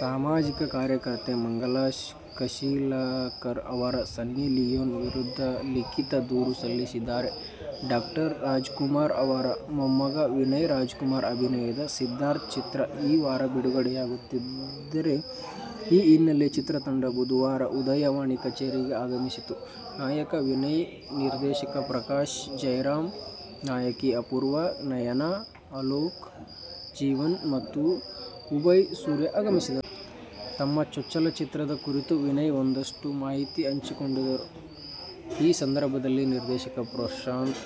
ಸಾಮಾಜಿಕ ಕಾರ್ಯಕರ್ತೆ ಮಂಗಲಾ ಕಶೀಲಕರ ಅವರು ಸನ್ನಿ ಲಿಯೋನ್ ವಿರುದ್ಧ ಲಿಖೀತ ದೂರು ಸಲ್ಲಿಸಿದ್ದಾರೆ. ಡಾ ರಾಜ್ಕುಮಾರ್ ಅವರ ಮೊಮ್ಮಗ ವಿನಯ್ ರಾಜ್ಕುಮಾರ್ ಅಭಿನಯದ "ಸಿದ್ಧಾರ್ಥ' ಚಿತ್ರ ಈ ವಾರ ಬಿಡುಗಡೆಯಾಗುತ್ತಿದೆ. ಈ ಹಿನ್ನೆಲೆಯಲ್ಲಿ ಚಿತ್ರತಂಡ ಬುಧವಾರ "ಉದಯವಾಣಿ' ಕಚೇರಿಗೆ ಆಗಮಿಸಿತ್ತು. ನಾಯಕ ವಿನಯ್, ನಿರ್ದೇಶಕ ಪ್ರಕಾಶ್ ಜಯರಾಮ್, ನಾಯಕಿ ಅಪೂರ್ವ, ನಯನಾ, ಅಲೋಕ್, ಜೀವನ್ ಮತ್ತು ಅಭಯ್ ಸೂರ್ಯ ಆಗಮಿಸಿದ್ದರು. ತಮ್ಮ ಚೊಚ್ಚಲ ಚಿತ್ರದ ಕುರಿತು ವಿನಯ್ ಒಂದಷ್ಟು ಮಾಹಿತಿ ಹಂಚಿಕೊಂಡರು. ಈ ಸಂದರ್ಭದಲ್ಲಿ ನಿರ್ದೇಶಕ ಪ್ರಕಾಶ್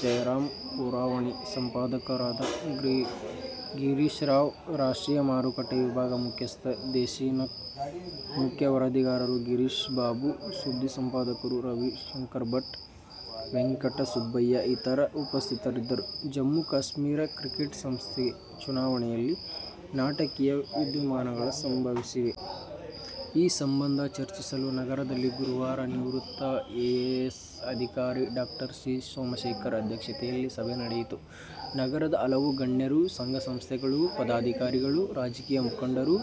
ಜಯರಾಮ್, ಪುರವಣಿ ಸಂಪಾದಕರಾದ ಗಿರೀಶ್ರಾವ್, ರಾಷ್ಟ್ರೀಯ ಮಾರುಕಟ್ಟೆ ವಿಭಾಗದ ಮುಖ್ಯಸ್ಥ ದೇಸಿಕನ್, ಮುಖ್ಯ ವರದಿಗಾರರಾದ ಗಿರೀಶ್ ಬಾಬು, ಸುದ್ದಿ ಸಂಪಾದಕರಾದ ರವಿಶಂಕರ್ ಭಟ್, ವೆಂಕಟಸುಬ್ಬಯ್ಯ ಇತರರು ಉಪಸ್ಥಿತರಿದ್ದರು. ಜಮ್ಮು ಮತ್ತು ಕಾಶ್ಮೀರ ಕ್ರಿಕೆಟ್ ಸಂಸ್ಥೆಗೆ ನಡೆದ ಚುನಾವಣೆಯಲ್ಲಿ ನಾಟಕೀಯ ವಿದ್ಯಮಾನಗಳು ಸಂಭವಿಸಿವೆ. ಈ ಸಂಬಂಧ ಚರ್ಚಿಸಲು ನಗರದಲ್ಲಿ ಗುರುವಾರ ನಿವೃತ್ತ ಐಎಎಸ್ ಅಧಿಕಾರಿ ಡಾ. ಸಿ. ಸೋಮಶೇಖರ್ ಅಧ್ಯಕ್ಷತೆಯಲ್ಲಿ ಸಭೆ ನಡೆಯಿತು. ನಗರದ ಹಲವು ಗಣ್ಯರು, ಸಂಘ-ಸಂಸ್ಥೆಗಳ ಪದಾಧಿಕಾರಿಗಳು, ರಾಜಕೀಯ ಮುಖಂಡರು,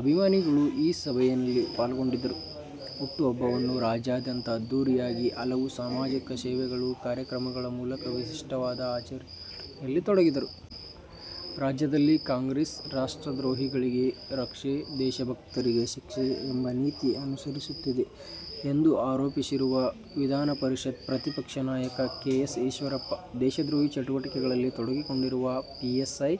ಅಭಿಮಾನಿಗಳು ಈ ಸಭೆಯಲ್ಲಿ ಪಾಲ್ಗೊಂಡಿದ್ದರು. ಹುಟ್ಟುಹಬ್ಬವನ್ನು ಜಿಲ್ಲೆಯಾದ್ಯಂತ ಅದ್ಧೂರಿಯಾಗಿ, ಹಲವು ಸಮಾಜಸೇವಾ ಕಾರ್ಯಕ್ರಮಗಳ ಮೂಲಕ ವಿಶಿಷ್ಟವಾಗಿ ಆಚರಿಸಲು ಸಭೆಯಲ್ಲಿ ನಿರ್ಧರಿಸಲಾಯಿತು. ರಾಜ್ಯದಲ್ಲಿ ಕಾಂಗ್ರೆಸ್ ಸರ್ಕಾರ "ರಾಷ್ಟ್ರ ದ್ರೋಹಿಗಳಿಗೆ ರಕ್ಷೆ-ದೇಶ ಭಕ್ತರಿಗೆ ಶಿಕ್ಷೆ' ಎಂಬ ನೀತಿ ಅನುಸರಿಸುತ್ತಿದೆ ಎಂದು ಆರೋಪಿಸಿರುವ ವಿಧಾನಪರಿಷತ್ ಪ್ರತಿಪಕ್ಷ ನಾಯಕ ಕೆ. ಎಸ್. ಈಶ್ವರಪ್ಪ, ದೇಶದ್ರೋಹಿ ಚಟುವಟಿಕೆಗಳಲ್ಲಿ ತೊಡಗಿಸಿಕೊಂಡಿರುವ ಪಿಎಫ್ಐ,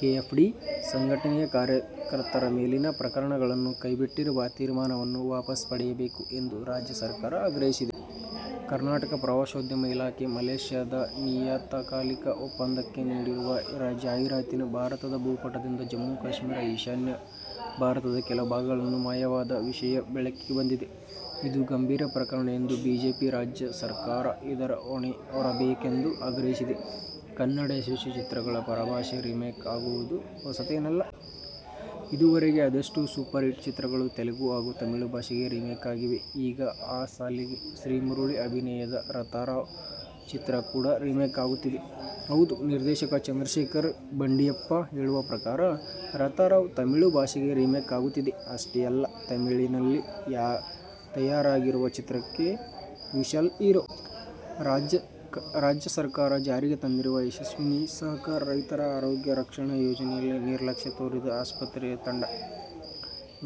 ಕೆಎಫ್ಡಿ ಸಂಘಟನೆಯ ಕಾರ್ಯಕರ್ತರ ಮೇಲಿನ ಪ್ರಕರಣಗಳನ್ನು ಕೈಬಿಟ್ಟಿರುವ ತೀರ್ಮಾನವನ್ನು ವಾಪಸ್ ಪಡೆಯಬೇಕು ಎಂದು ರಾಜ್ಯ ಸರ್ಕಾರವನ್ನು ಆಗ್ರಹಿಸಿದ್ದಾರೆ. ಕರ್ನಾಟಕ ಪ್ರವಾಸೋದ್ಯಮ ಇಲಾಖೆ ಮಲೇಷ್ಯಾದ ನಿಯತಕಾಲಿಕೆ ಒಂದಕ್ಕೆ ನೀಡಿರುವ ಜಾಹೀರಾತಿನಲ್ಲಿ ಭಾರತದ ಭೂಪಟದಿಂದ ಜಮ್ಮು- ಕಾಶ್ಮೀರ, ಈಶಾನ್ಯ ಭಾರತದ ಕೆಲ ಭಾಗಗಳೇ ಮಾಯವಾದ ವಿಷಯ ಬೆಳಕಿಗೆ ಬಂದಿದೆ. ಇದು ಗಂಭೀರ ಪ್ರಕರಣ ಎಂದಿರುವ ಬಿಜೆಪಿ, ರಾಜ್ಯ ಸರ್ಕಾರ ಇದರ ಹೊಣೆ ಹೊರಬೇಕೆಂದು ಆಗ್ರಹಿಸಿದೆ. ಕನ್ನಡದ ಯಶಸ್ವಿ ಚಿತ್ರಗಳು ಪರಭಾಷೆಗೆ ರಿಮೇಕ್ ಆಗುವುದು ಹೊಸತೇನಲ್ಲ. ಇದುವರೆಗೆ ಅದೆಷ್ಟೋ ಸೂಪರ್ ಹಿಟ್ ಚಿತ್ರಗಳು ತೆಲುಗು ಹಾಗು ತಮಿಳು ಭಾಷೆಗೆ ರಿಮೇಕ್ ಆಗಿವೆ. ಈಗ ಆ ಸಾಲಿಗೆ ಶ್ರೀಮುರಳಿ ಅಭಿನಯದ "ರಥಾವರ' ಚಿತ್ರ ಕೂಡ ರಿಮೇಕ್ ಆಗುತ್ತಿದೆ. ಹೌದು, ನಿರ್ದೇಶಕ ಚಂದ್ರಶೇಖರ್ ಬಂಡಿಯಪ್ಪ ಹೇಳುವ ಪ್ರಕಾರ, "ರಥಾವರ' ತಮಿಳು ಭಾಷೆಗೆ ರಿಮೇಕ್ ಆಗುತ್ತಿದೆ. ಅಷ್ಟೇ ಅಲ್ಲ, ತಮಿಳಿನಲ್ಲಿ ತಯಾರಾಗುವ ಚಿತ್ರಕ್ಕೆ ವಿಶಾಲ್ ಹೀರೋ. ರಾಜ್ಯ ಸರ್ಕಾರ ಜಾರಿಗೆ ತಂದಿರುವ ಯಶಸ್ವಿನಿ ಸಹಕಾರ ರೈತರ ಆರೋಗ್ಯ ರಕ್ಷಣಾ ಯೋಜನೆಯಲ್ಲಿ ನಿರ್ಲಕ್ಷ್ಯ ತೋರಿದ ಆಸ್ಪತ್ರೆಗಳಿಗೆ ದಂಡ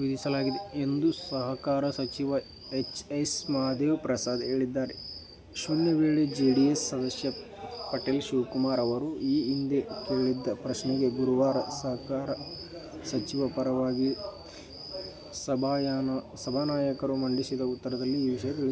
ವಿಧಿಸಲಾಗಿದೆ ಎಂದು ಸಹಕಾರ ಸಚಿವ ಎಚ್. ಎಸ್. ಮಹದೇವಪ್ರಸಾದ್ ಹೇಳಿದ್ದಾರೆ. ಶೂನ್ಯವೇಳೆಯಲ್ಲಿ ಜೆಡಿಎಸ್ ಸದಸ್ಯ ಪಟೇಲ್ ಶಿವರಾಮ್ ಅವರು ಈ ಹಿಂದೆ ಕೇಳಿದ್ದ ಪ್ರಶ್ನೆಗೆ ಗುರುವಾರ ಸಹಕಾರ ಸಚಿವರ ಪರವಾಗಿ ಸಭಾನಾಯಕರು ಮಂಡಿಸಿದ ಉತ್ತರದಲ್ಲಿ ಈ ವಿಷಯ ತಿಳಿಸಲಾಗಿದೆ.